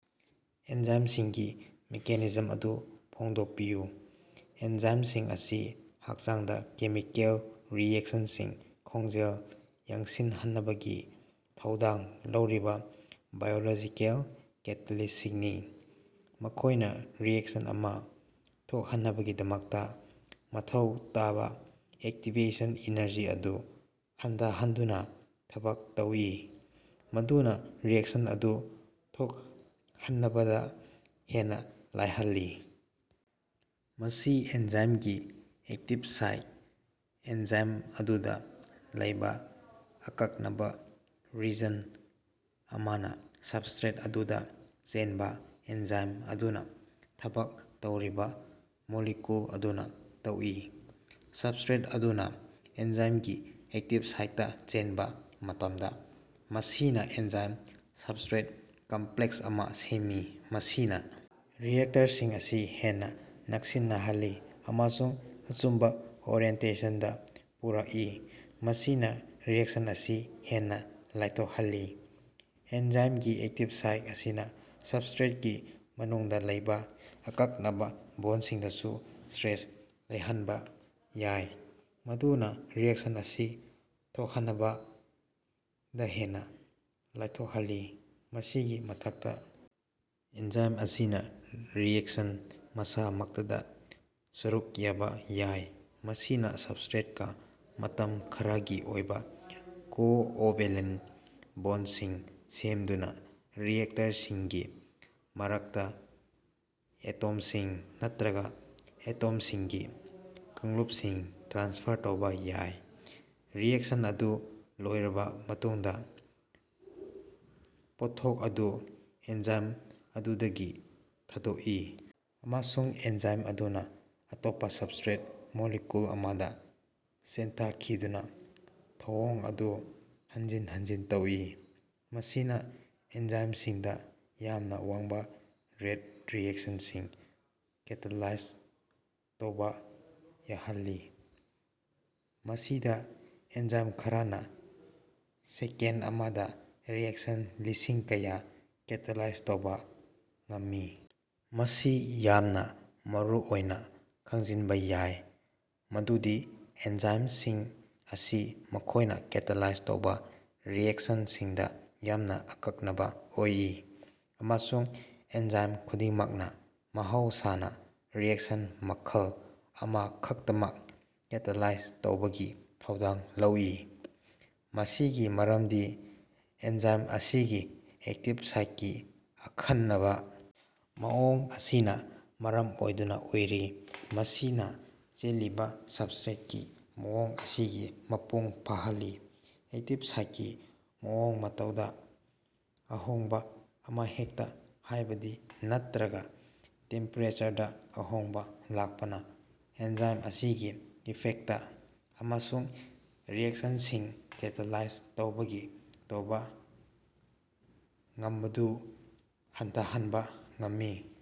ꯑꯦꯟꯖꯥꯏꯝꯁꯤꯡꯒꯤ mechanism ꯑꯗꯨ ꯐꯣꯡꯗꯣꯛꯄꯤꯌꯨ꯫ ꯑꯦꯟꯖꯥꯏꯝꯁꯤꯡ ꯑꯁꯤ ꯍꯛꯆꯥꯡꯗ ꯀꯦꯃꯤꯀꯦꯜ ꯔꯤꯑꯦꯛꯁꯟꯁꯤꯡ ꯈꯣꯡꯖꯦꯜ ꯌꯥꯡꯁꯤꯟꯍꯟꯅꯕꯒꯤ ꯊꯧꯗꯥꯡ ꯂꯧꯔꯤꯕꯥ ꯕꯥꯏꯑꯣꯂꯣꯖꯤꯀꯦꯜ ꯀꯦꯇꯥꯂꯤꯁꯁꯤꯡꯅꯤ꯫ ꯃꯈꯣꯏꯅ ꯔꯤꯑꯦꯛꯁꯟ ꯑꯃ ꯊꯣꯛꯍꯟꯅꯕꯒꯤꯗꯃꯛꯇ ꯃꯊꯧ ꯇꯥꯕ ꯑꯦꯛꯇꯤꯚꯦꯁꯟ ꯑꯦꯅꯔꯖꯤ ꯑꯗꯨ ꯍꯟꯊꯍꯟꯗꯨꯅꯥ ꯊꯕꯛ ꯇꯧꯏ, ꯃꯗꯨꯅ ꯔꯤꯑꯦꯛꯁꯟ ꯑꯗꯨ ꯊꯣꯛꯍꯟꯅꯕꯗꯥ ꯍꯦꯟꯅ ꯂꯥꯏꯍꯜꯂꯤ꯫ ꯃꯁꯤ ꯑꯦꯟꯖꯥꯏꯝꯒꯤ ꯑꯦꯛꯇꯤꯚ ꯁꯥꯏꯠ, ꯑꯦꯟꯖꯥꯏꯝ ꯑꯗꯨꯗ ꯂꯩꯕ ꯑꯀꯛꯅꯕꯥ ꯔꯤꯖꯟ ꯑꯃꯅ ꯁꯕꯁꯇ꯭ꯔꯦꯠ ꯑꯗꯨꯗ ꯆꯦꯟꯕ, ꯑꯦꯟꯖꯥꯏꯝ ꯑꯗꯨꯅ ꯊꯕꯛ ꯇꯧꯔꯤꯕ ꯃꯣꯂꯤꯀꯨꯜ ꯑꯗꯨꯅ ꯇꯧꯏ꯫ ꯁꯕꯁꯇ꯭ꯔꯦꯠ ꯑꯗꯨꯅ ꯑꯦꯟꯖꯥꯏꯝꯒꯤ ꯑꯦꯛꯇꯤꯕ ꯁꯥꯏꯠꯇ ꯆꯦꯟꯕ ꯃꯇꯝꯗ, ꯃꯁꯤꯅ ꯑꯦꯟꯖꯥꯏꯝ-ꯁꯕꯁꯇ꯭ꯔꯦꯠ ꯀꯝꯄ꯭ꯂꯦꯛꯁ ꯑꯃ ꯁꯦꯝꯃꯤ꯫ ꯃꯁꯤꯅ ꯔꯤꯑꯦꯛꯇꯔꯁꯤꯡ ꯑꯁꯤ ꯍꯦꯟꯅ ꯅꯛꯁꯤꯟꯅꯍꯜꯂꯤ ꯑꯃꯁꯨꯡ ꯑꯆꯨꯝꯕ ꯑꯣꯔꯦꯟꯇꯦꯁꯟꯗꯥ ꯄꯨꯔꯛꯏ, ꯃꯁꯤꯅ ꯔꯤꯑꯦꯛꯁꯟ ꯑꯁꯤ ꯍꯦꯟꯅ ꯂꯥꯏꯊꯣꯛꯍꯜꯂꯤ꯫ ꯑꯦꯟꯖꯥꯏꯝꯒꯤ ꯑꯦꯛꯇꯤꯕ ꯁꯥꯏꯠ ꯑꯁꯤꯅ ꯁꯕꯁꯇ꯭ꯔꯦꯠꯀꯤ ꯃꯅꯨꯡꯗ ꯂꯩꯕ ꯑꯀꯛꯅꯕ ꯕꯣꯟꯁꯤꯡꯗꯁꯨ ꯁꯇ꯭ꯔꯦꯁ ꯂꯩꯍꯟꯕꯥ ꯌꯥꯏ, ꯃꯗꯨꯅ ꯔꯤꯑꯦꯛꯁꯟ ꯑꯁꯤ ꯊꯣꯛꯍꯟꯅꯕꯗ ꯍꯦꯟꯅ ꯂꯥꯏꯊꯣꯛꯍꯜꯂꯤ꯫ ꯃꯁꯤꯒꯤ ꯃꯊꯛꯇ, ꯑꯦꯟꯖꯥꯏꯝ ꯑꯁꯤꯅ ꯔꯤꯑꯦꯛꯁꯟ ꯃꯁꯥꯃꯛꯇꯗ ꯁꯔꯨꯛ ꯌꯥꯕ ꯌꯥꯏ, ꯃꯁꯤꯅ ꯁꯕꯁꯇ꯭ꯔꯦꯠꯀꯥ ꯃꯇꯝ ꯈꯔꯒꯤ ꯑꯣꯏꯕ ꯀꯣꯑꯣꯚꯦꯂꯦꯟ ꯕꯣꯟꯁꯤꯡ ꯁꯦꯝꯗꯨꯅ ꯔꯤꯑꯦꯛꯇꯔꯁꯤꯡꯒꯤ ꯃꯔꯛꯇ ꯑꯦꯇꯣꯝꯁꯤꯡ ꯅꯠꯇ꯭ꯔꯒ ꯑꯦꯇꯣꯝꯁꯤꯡꯒꯤ ꯀꯥꯡꯂꯨꯞꯁꯤꯡ ꯇ꯭ꯔꯥꯟꯁꯐꯔ ꯇꯧꯕ ꯌꯥꯏ꯫ ꯔꯤꯑꯦꯛꯁꯟ ꯑꯗꯨ ꯂꯣꯏꯔꯕ ꯃꯇꯨꯡꯗ, ꯄꯣꯠꯊꯣꯛ ꯑꯗꯨ ꯑꯦꯟꯖꯥꯏꯝ ꯑꯗꯨꯗꯒꯤ ꯊꯥꯗꯣꯛꯏ, ꯑꯃꯁꯨꯡ ꯑꯦꯟꯖꯥꯏꯝ ꯑꯗꯨꯅ ꯑꯇꯣꯞꯄ ꯁꯕꯁꯇ꯭ꯔꯦꯠ ꯃꯣꯂꯤꯀꯨꯜ ꯑꯃꯗ ꯆꯦꯟꯊꯈꯤꯗꯨꯅꯥ ꯊꯧꯑꯣꯡ ꯑꯗꯨ ꯍꯟꯖꯤꯟ ꯍꯟꯖꯤꯟ ꯇꯧꯏ꯫ ꯃꯁꯤꯅ ꯑꯦꯟꯖꯥꯏꯝꯁꯤꯡꯗ ꯌꯥꯝꯅ ꯋꯥꯡꯕ ꯔꯦꯠ ꯔꯤꯑꯦꯛꯁꯟꯁꯤꯡ ꯀꯦꯇꯥꯂꯥꯏꯖ ꯇꯧꯕ ꯌꯥꯍꯜꯂꯤ, ꯃꯁꯤꯗ ꯑꯦꯟꯖꯥꯏꯝ ꯈꯔꯅ ꯁꯦꯀꯦꯟ ꯑꯃꯗ ꯔꯤꯑꯦꯛꯁꯟ ꯂꯤꯁꯤꯡ ꯀꯌꯥ ꯀꯦꯇꯥꯂꯥꯏꯖ ꯇꯧꯕ ꯉꯝꯃꯤ꯫ ꯃꯁꯤ ꯌꯥꯝꯅ ꯃꯔꯨꯑꯣꯏꯅ ꯈꯪꯖꯤꯟꯕ ꯌꯥꯏ ꯃꯗꯨꯗꯤ ꯑꯦꯟꯖꯥꯏꯝꯁꯤꯡ ꯑꯁꯤ ꯃꯈꯣꯏꯅ ꯀꯦꯇꯥꯂꯥꯏꯖ ꯇꯧꯕ ꯔꯤꯑꯦꯛꯁꯟꯁꯤꯡꯗ ꯌꯥꯝꯅ ꯑꯀꯛꯅꯕ ꯑꯣꯏ, ꯑꯃꯁꯨꯡ ꯑꯦꯟꯖꯥꯏꯝ ꯈꯨꯗꯤꯡꯃꯛꯅ ꯃꯍꯧꯁꯥꯅ ꯔꯤꯑꯦꯛꯁꯟ ꯃꯈꯜ ꯑꯃꯈꯛꯇꯃꯛ ꯀꯦꯇꯥꯂꯥꯏꯖ ꯇꯧꯕꯒꯤ ꯊꯧꯗꯥꯡ ꯂꯧꯏ꯫ ꯃꯁꯤꯒꯤ ꯃꯔꯝꯗꯤ ꯑꯦꯟꯖꯥꯏꯝ ꯑꯁꯤꯒꯤ ꯑꯦꯛꯇꯤꯕ ꯁꯥꯏꯠꯀꯤ ꯑꯈꯟꯅꯕ ꯃꯑꯣꯡ ꯑꯁꯤꯅ ꯃꯔꯝ ꯑꯣꯏꯗꯨꯅ ꯑꯣꯏꯔꯤ, ꯃꯁꯤꯅ ꯆꯦꯜꯂꯤꯕ ꯁꯕꯁꯇ꯭ꯔꯦꯠꯀꯤ ꯃꯑꯣꯡ ꯑꯁꯤꯒꯤ ꯃꯄꯨꯡ ꯐꯥꯍꯜꯂꯤ꯫ ꯑꯦꯛꯇꯤꯚ ꯁꯥꯏꯠꯀꯤ ꯃꯑꯣꯡ-ꯃꯇꯧꯗ ꯑꯍꯣꯡꯕ ꯑꯃꯍꯦꯛꯇ ꯍꯥꯢꯕꯗꯤ ꯅꯠꯇ꯭ꯔꯒ ꯇꯦꯝꯄꯦꯔꯦꯆꯔꯗꯥ ꯑꯍꯣꯡꯕ ꯂꯥꯛꯄꯅ, ꯑꯦꯟꯖꯥꯏꯝ ꯑꯁꯤꯒꯤ ꯏꯐꯦꯛꯇ ꯑꯃꯁꯨꯡ ꯔꯤꯑꯦꯛꯁꯟꯁꯤꯡ ꯀꯦꯇꯥꯂꯥꯏꯖ ꯇꯧꯕꯒꯤ ꯇꯧꯕ ꯉꯝꯕꯗꯨ ꯍꯟꯊꯍꯟꯕꯥ ꯉꯝꯃꯤ꯫